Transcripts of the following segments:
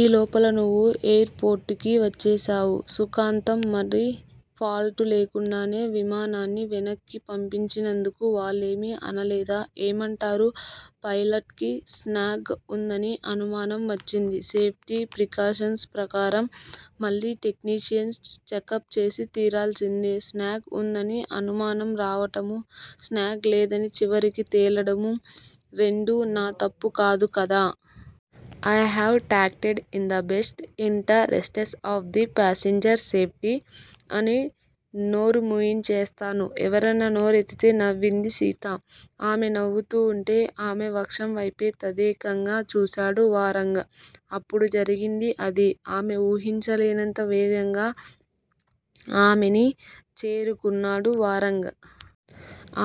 ఈ లోపల నువ్వు ఎయిర్ పోర్టుకి వచ్చేశావ్. సుఖాంతం! మరి ఫాల్టు లేకుండానే విమానాన్ని వెనక్కి పంపించినందుకు వాళ్ళేమీ అనలేదా? ఏమంటారు! ఫైలట్ కి స్నాగ్ ఉందని అనుమానం వచ్చింది. సేఫ్టీ ప్రికాషన్స్ ప్రకారం మళ్ళీ టెక్నీషియన్స్ చెకప్ చేసి తీరాల్సిందే! స్నాగ్ వుందని అనుమానం రావటమూ, స్నాగ్ లేదని చివరికి తేలడమూ రెండూ నా తప్పు కాదు కదా! 'I have acted in the best interests of the passengers safety! అని నోరుమూయించేస్తాను ఎవరన్నా నోరెత్తితే! నవ్వింది సీత. ఆమె నవ్వుతూ వుంటే ఆమె వక్షంవైపేతదేకంగా చూశాడు వారంగ్. అప్పుడు జరిగింది అది. ఆమె ఊహించలేనంత వేగంగా ఆమెని చేరుకున్నాడు వారంగ్.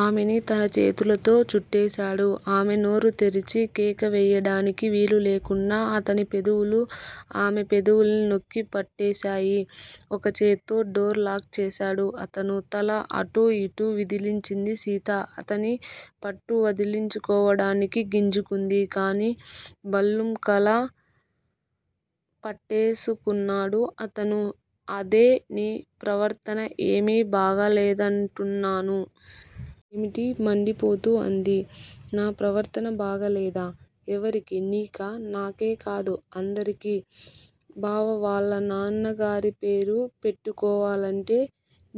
ఆమెని తన చేతులతో చుట్టేశాడు. ఆమె నోరు తెరిచి కేకవెయ్యడానికి వీలులేకుండా అతనిపెదవులు ఆమె పెదవులని నొక్కిపట్టేశాయి! ఒక చేత్తో డోర్ లాక్ చేశాడు అతను. తల అటూ ఇటూ విదిలించింది సీత. అతని పట్టువదిలించుకోవడానికి గింజుకుంది. కానీ భల్లూకలా పట్టేసుకున్నాడు అతను. అదే నీ ప్రవర్తన ఏమి బాగా లేదంటున్నాను? ఏమిటి! మండిపోతూ అంది. నా ప్రవర్తన బాగాలేదా? ఎవరికి నీకా? నాకే కాదు. అందరికి, బావ వాళ్ళనాన్నగారి పేరు పెట్టుకోవాలంటే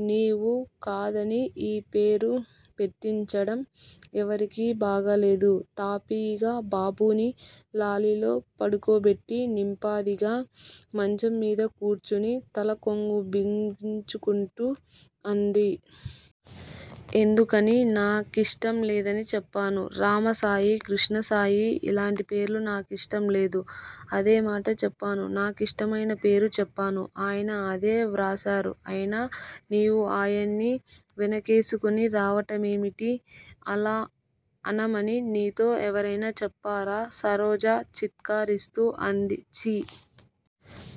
నీవు కాదని యీ పేరు పెట్టించడం ఎవరికి బాగాలేదు. తాపిగా బాబుని లాలిలో పడుకోబెట్టి నింపాదిగా మంచం మీద కూర్చుని తల కొంగు బిగించుకుంటూ అంది. ఎందుకని? నా కిష్టం లేదని చెప్పాను. రామసాయి, కృష్ణసాయి. ఇలాంటి పేర్లు నా కిష్టం లేదు. అదేమాట చెప్పాను. నాకిష్టమయిన పేరు చెప్పాను. ఆయన అదే వ్రాశారు. అయినా నీవు ఆయన్ని వెనకేసుకుని రావటమేమిటి? అలా అనమని నీతో ఎవరైనా చెప్పారా? సరోజ చిత్కారిస్తూ అంది ఛి!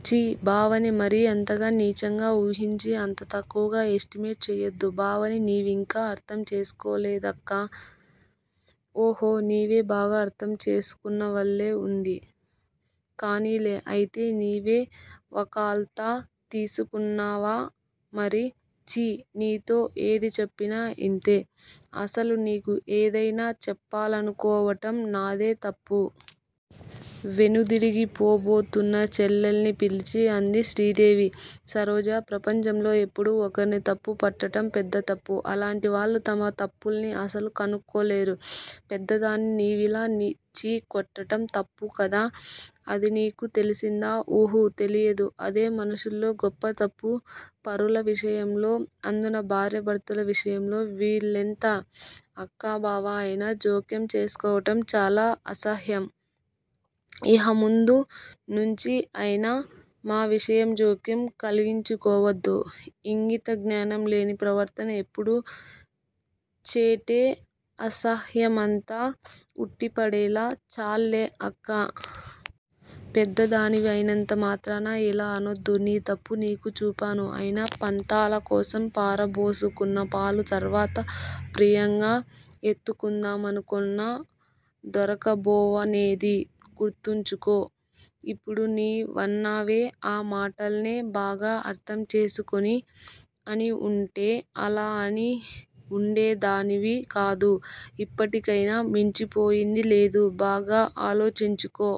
చీ! బావని మరీ అంతగా నీచంగా వూహించి అంత తక్కువగా ఎస్టిమేట్ చెయ్యొద్దు. బావని నివింకా అర్ధం చేసుకోలేదక్కా! ఒహొ నీవే బాగా అర్ధం చేసుకున్నవల్లె వుంది! కానిలే! అయితే నీవే వకాల్తా తీసుకున్నావామరి? ఛి! నీతో ఏది చెప్పినా ఇంతే. అసలు నీకు ఏదైనా చెప్పాలనుకోవటం నాదే తప్పు. వెనుదిరిగిపోబోతున్న చెల్లెల్ని పిలిచి అంది శ్రీదేవి. సరోజా! ప్రపంచంలో ఎప్పుడూ ఒకర్ని తప్పు పట్టటం పెద్ద తప్పు. అలాంటివాళ్ళు తమ తప్పుల్ని అసలు కనుక్కోలేరు. పెద్దదాన్ని నీవిలా చీ కొట్టటం తప్పు కాదా? అది నీకు తెలిసిందా? ఉహు! తెలియదు. అదే మనుషుల్లో గొప్ప తప్పు, పరుల విషయంలో అందునా భార్యాభర్తల విషయంలో వీళ్ళెంత అక్కా బావా అయినా జోక్యం చేసుకోవటం చాలా అసహ్యం, ఇహ ముందు నుంచి అయినా మా విషయం జోక్యం కలిగించుకోవద్దు, ఇంగితజ్ఞానం లేని ప్రవర్తన ఎప్పుడూ చేటే అసహ్యమంతా వుట్టిపడేలా చాల్లే అక్కా! పెద్దదానివి అయినంత మాత్రాన యిలా అనొద్దు. నీ తప్పు నీకు చూపాను. అయినా పంతాలకోసం పారబోసుకున్నపాలు తర్వాత ప్రియంగా ఎత్తుకుందామనుకొన్నా దొరకబోవనేది గుర్తుంచుకో, ఇప్పుడు నీ వన్నావే! ఆ మాటల్నే బాగా అర్ధం చేసుకుని అని వుంటే అలా అని వుండేదానివి కాదు. ఇప్పటికయినా మించిపోయింది లేదు బాగా ఆలోచించుకో.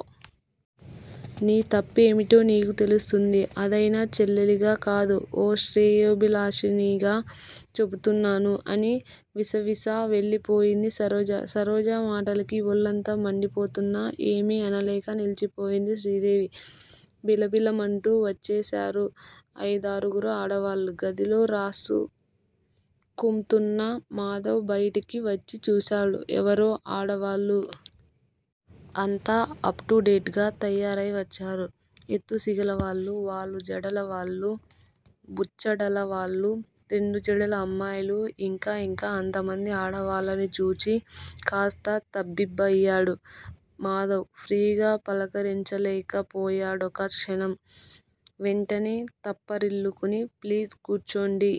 నీ తప్పేమిటో నీకు తెలుస్తుంది. అదయినా చెల్లిలిగా కాదు. ఓ శ్రేయోభిలాషిణిగా చెపుతున్నాను? అని విసవిసా వెళ్ళిపోయింది సరోజ! సరోజ మాటలకి ఒళ్ళంతా మండిపోతున్నా ఏమి అనలేక నిలిచిపోయింది శ్రీదేవి. బిలబిలమంటూ వచ్చేశారు అయిదారుగురు ఆడవాళ్ళు. గదిలో రాసుకుమ్తున్న మాధవ్ బయటికి వచ్చి చూశాడు. ఎవరో ఆడవాళ్లు! అంతా అప్ టు డేట్ గా తయారైవచ్చారు. ఎత్తుసిగలవాళ్ళు, వాలు జడలవాళ్ళు, బుచ్చడల వాళ్ళు రెండు జడల అమ్మాయిలు. ఇంకా ఇంకా అంతమంది ఆడవాళ్ళని చూచి కాస్త తబ్బిబ్బయ్యాడు మాధవ్, ఫ్రీగా పలకరించలేకపోయాడొక క్షణం. వెంటనే తప్పరిల్లుకుని ప్లీజ్ కూర్చోండి.